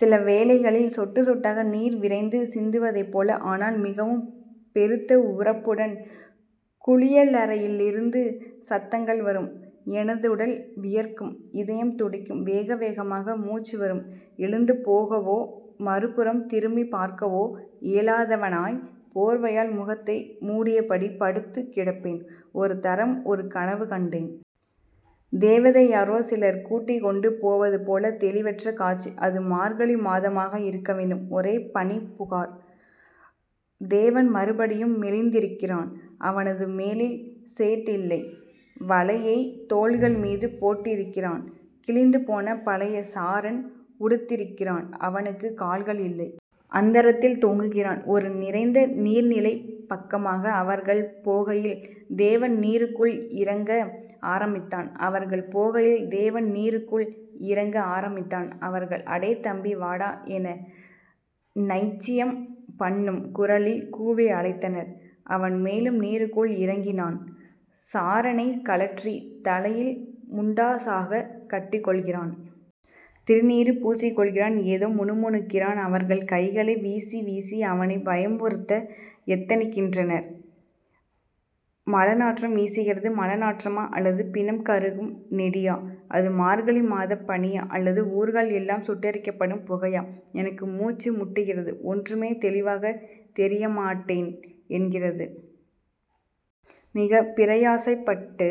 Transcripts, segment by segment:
சிலவேளைகளில் சொட்டுச் சொட்டாக நீர் விரைந்து சிந்துவதைப்போல, ஆனால் மிகவும் பெருத்த உரப்புடன் குளியலறையிலிருந்து சத்தங்கள் வரும். எனதுடல் வியர்க்கும். இதயம் துடிக்கும். வேகவேகமாக மூச்சு வரும். எழுந்து போகவோ மறுபுறம் திரும்பிப் பார்க்கவோ இயலாதவனாய் போர்வையால் முகத்தை மூடியபடி படுத்துக்கிடப்பேன். ஒரு தரம், ஒரு கனவு கண்டேன். தேவனை யாரோ சிலர் கூட்டிக் கொண்டு போவது போல தெளிவற்ற காட்சி. அது மார்கழி மாதமாக இருக்க வேண்டும். ஒரே பனிப்புகார். தேவன் மறுபடியும் மெலிந்திருக்கிறான். அவனது மேலில் சேட்இல்லை. வலையை தோள்கள் மீது போட்டிருக்கிறான். கிழிந்துபோன பழைய சாரன் உடுத்திருக்கிறான். அவனுக்கு கால்கள் இல்லை. அந்தரத்தில் தொங்குகிறான். ஒரு நிறைந்த நீர்நிலைப்பக்கமாக அவர்கள் போகையில் தேவன் நீருக்குள் இறங்க ஆரம்பித்தான். அவர்கள் போகையில் தேவன் நீருக்குள் இறங்க ஆரம்பித்தான். அவர்கள் அடே தம்பி... வாடா.. என நைச்சியம் பண்ணும் குரலில் கூவி அழைத்தனர். அவன் மேலும் நீருக்குள் இறங்குகிறான். சாரனை கழற்றி தலையில் முண்டாசாக கட்டிக்கொள்கிறான். திருநீறு பூசிக்கொள்கிறான். ஏதோ முணுமுணுக்கிறான். அவர்கள் கைகளை வீசி வீசி அவனைப் பயமுறுத்த எத்தனிக்கின்றனர். மலநாற்றம் வீசுகிறது. மலநாற்றமா அல்லது பிணம் கருகும் நெடியா? அது மார்கழி மாதப்பனியா, அல்லது ஊர்கள் எல்லாம் சுட்டெரிக்கப்படும் புகையா? எனக்கு மூச்சு முட்டுகிறது. ஒன்றுமே தெளிவாகத் தெரியமா டேன் என்கிறது. மிகப் பிரயாசைப்பட்டு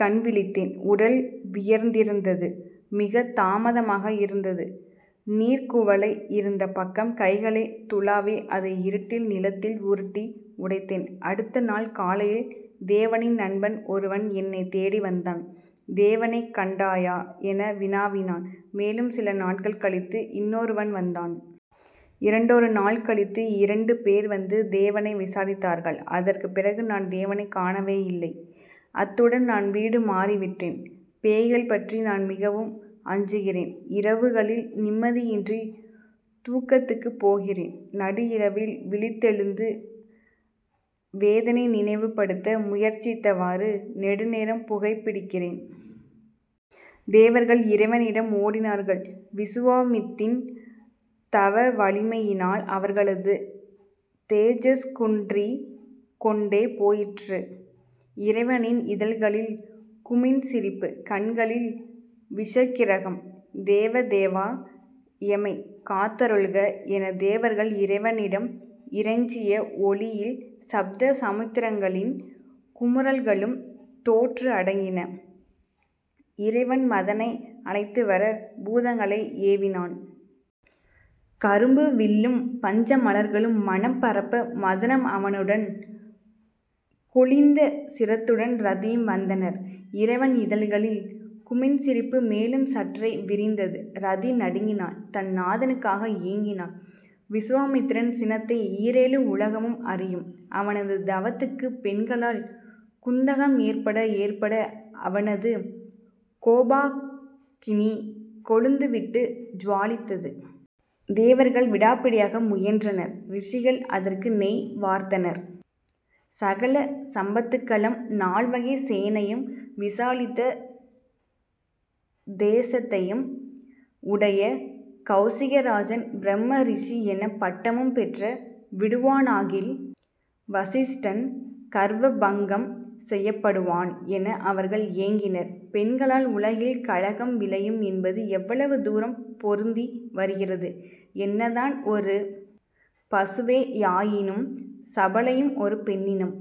கண்விழித்தேன். உடல் வியர்த்திருந்தது. மிகத் தாகமாக இருந்தது. நீர்க்குவளை இருந்த பக்கம் கைகளைத் துளாவி அதை இருட்டில் நிலத்தில் உருட்டி உடைத்தேன். அடுத்த நாள் காலையில் தேவனின் நண்பன் ஒருவன் என்னைத் தேடிவந்தான். தேவனைக் கண்டாயா என வினாவினான். மேலும் சில நாட்கள் கழித்து இன்னொருவன் வந்தான். இரண்டொரு நாள் கழித்து இரண்டு பேர் வந்து தேவனை விசாரித்தார்கள். அதற்குப் பிறகு நான் தேவனைக் காணவேயில்லை அத்துடன் நான் வீடு மாறிவிட்டேன். பேய்கள் பற்றி நான் மிகவும் அஞ்சுகிறேன். இரவுகளில் நிம்மதியின்றி தூக்கத்துக்கு போகிறேன். நடுஇரவில் விழித்தெழுந்து வேதனை நினைவு படுத்த முயற்சித்தவாறு நெடுநேரம் புகைபிடிக்கிறேன். தேவர்கள் இறைவனிடம் ஓடினார்கள். விசுவாமித்தினின் தவவலிமையினால் அவர்களது தேஜஸ் குன்றிக் கொண்டே போயிற்று. இறைவனின் இதழ்களில் குமிண்சிரிப்பு. கண்களில் விஷக்கிறக்கம். தேவ தேவா.. எமைக் காத்தருள்க...என தேவர்கள் இறைவனிடம் இறைஞ்சிய ஒலியில் சப்த சமுத்திரங்களின் குமுறல்களும் தோற்று அடங்கின. இறைவன் மதனை அழைத்துவர பூதகனங்களை ஏவினான். கரும்பு வில்லும் பஞ்சமலர்களும் மணம் பரப்ப மதனம் அவனுடன் குளிந்த சிரத்துடன் ரதியும் வந்தனர். இறைவன் இதழ்களில் குமிண்சிரிப்பு மேலும் சற்றே விரிந்தது. ரதி நடுங்கினாள். தன் நாதனுக்காக ஏங்கினாள். விசுவாமித்திரன் சினத்தை ஈரேழு உலகமும் அறியும். அவனது தவத்துக்கு பெண்களால் குந்தகம் ஏற்பட ஏற்பட அவனது கோபாக்கினி கொழுந்துவிட்டு ஜ்வாலித்தது. தேவர்கள் விடாப்பிடியாக முயன்றனர். ரிஷிகள் அதற்கு நெய் வார்த்தனர். சகல சம்பத்துகளம் நால்வகைச் சேனையும் விசாலித்த தேசத்தையும் உடைய கெளசிகராஜன் பிரம்ம ரிஷி என பட்டமும் பெற்ற விடுவானாகில்.... வசிஷ்டன் கர்வபங்கம் செய்யப்படுவான் என அவர்கள் ஏங்கினர். பெண்களால் உலகில் கலகம் விளையும் என்பது எவ்வளவு தூரம் பொருந்தி வருகிறது. என்ன தான் ஒரு பசுவேயாயினும் சபலையும் ஒரு பெண்ணினம்